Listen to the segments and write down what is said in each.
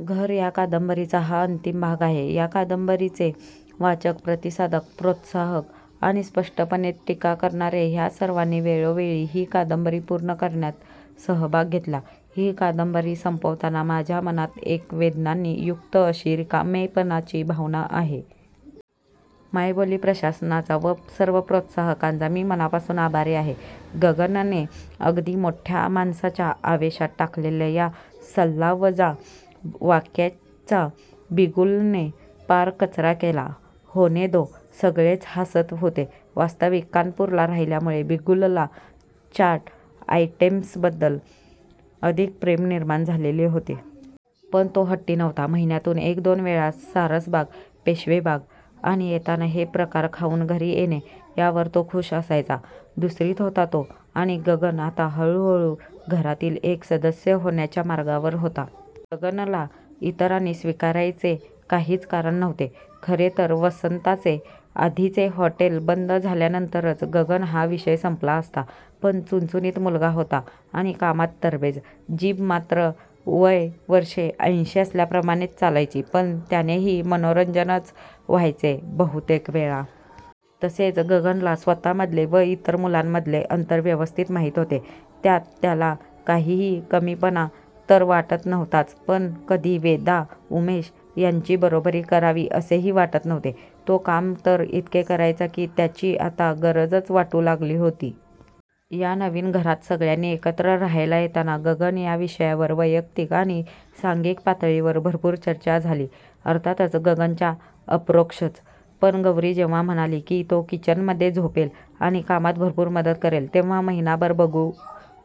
घर या कादंबरीचा हा अंतिम भाग आहे. या कादंबरीचे वाचक, प्रतिसादक, प्रोत्साहक आणि स्पष्टपणे टीका करणारे ह्या सर्वांनी वेळोवेळी ही कादंबरी पूर्ण करण्यात सहभाग घेतला. ही कादंबरी संपवताना माझ्या मनात एक वेदनांनी युक्त अशी रिकामेपणाची भावना आहे. मायबोली प्रशासनाचा व सर्व प्रोत्साहकांचा मी मनापासून आभारी आहे. गगनने अगदी मोठ्या माणसाच्या आवेशात टाकलेल्या या सल्लावजा वाक्याचा बिगुलने पार कचरा केला. होने दो! सगळेच हासत होते. वास्तविक कानपूरला राहिल्यामुळे बिगुलला चाट आयटेम्सबद्दल अधिक प्रेम निर्माण झालेले होते. पण तो हट्टी नव्हता. महिन्यातून एक दोन वेळा सारसबाग, पेशवेबाग आणि येताना हे प्रकार खाऊन घरी येणे यावर तो खुष असायचा. दुसरीत होता तो आणि गगन आता हळूहळू घरातील एक सदस्य होण्याच्या मार्गावर होता. गगनला इतरांनी स्वीकारायचे काहीच कारण नव्हते. खरे तर वसंताचे आधीचे हॉटेल बंद झाल्यानंतरच गगन हा विषय संपला असता. पण चुणचुणीत मुलगा होता आणि कामात तरबेज! जीभ मात्र वय वर्षे ऐंशी असल्याप्रमाणे चालायची. पण त्यानेही मनोरंजनच व्हायचे बहुतेकवेळा! तसेच, गगनला स्वतःमधले व इतर मुलांमधले अंतर व्यवस्थित माहीत होते. त्यात त्याला काहीही कमीपणा तर वाटत नव्हताच पण कधी वेदा, उमेश यांची बरोबरी करावी असेही वाटत नव्हते. तो काम तर इतके करायचा की त्याची आता गरजच वाटू लागली होती. या नवीन घरात सगळ्यांनी एकत्र राहायला येताना 'गगन' या विषयावर वैयक्तीक आणि सांघिक पातळीवर भरपूर चर्चा झाली. अर्थातच, गगनच्या अपरोक्षच! पण गौरी जेव्हा म्हणाली की तो किचनमध्ये झोपेल आणि कामात भरपूर मदत करेल तेव्हा 'महिनाभर बघू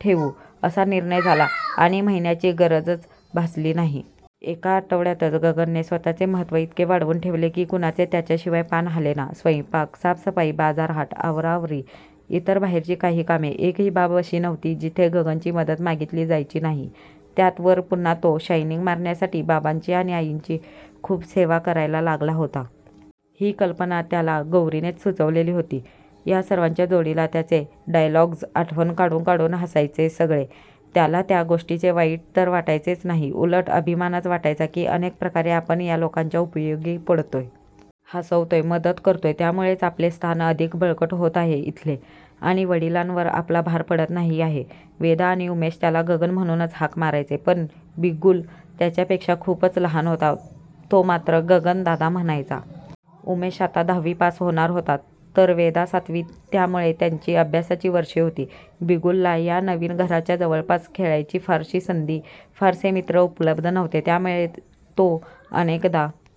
ठेवू' असा निर्णय झाला आणि महिन्याची गरजच भासली नाही. एका आठवड्यातच गगनने स्वतःचे महत्व इतके वाढवून ठेवले की कुणाचे त्याच्याशिवाय पान हालेना! स्वयंपाक, साफसफाई, बाजारहाट, आवराआवरी, इतर बाहेरची काही कामे, एकही बाब अशी नव्हती की जिथे गगनची मदत मागीतली जायची नाही. त्यात वर पुन्हा तो शायनिंग मारण्यासाठी बाबांची आणि आईंची खूप सेवा करायला लागला होता. ही कल्पना त्याला गौरीनेच सुचवलेली होती. या सर्वांच्या जोडीला त्याचे डायलॉग्ज आठवण काढून काढून हसायचे सगळे त्याला त्या गोष्टीचे वाईट तर वाटायचेच नाही, उलट अभिमानच वाटायचा की अनेक प्रकारे आपण या लोकांच्या उपयोगी पडतोय. हासवतोय, मदत करतोय! त्यामुळेच आपले स्थान अधिक बळकट होत आहे इथले आणि वडिलांवर आपला भार पडत नाही आहे. वेदा आणि उमेश त्याला गगन म्हणूनच हाक मारायचे. पण बिगुल त्याच्यापेक्षा खूपच लहान होता. तो मात्र गगनदादा म्हणायचा. उमेश आता दहावी पास होणार होता तर वेदा सातवी त्यामुळे त्यांची अभ्यासाची वर्षे होती. बिगुलला या नवीन घराच्या जवळपास खेळायची फारशी संधी, फारसे मित्र उपलब्ध नव्हते. त्यामुळे तो अनेकदा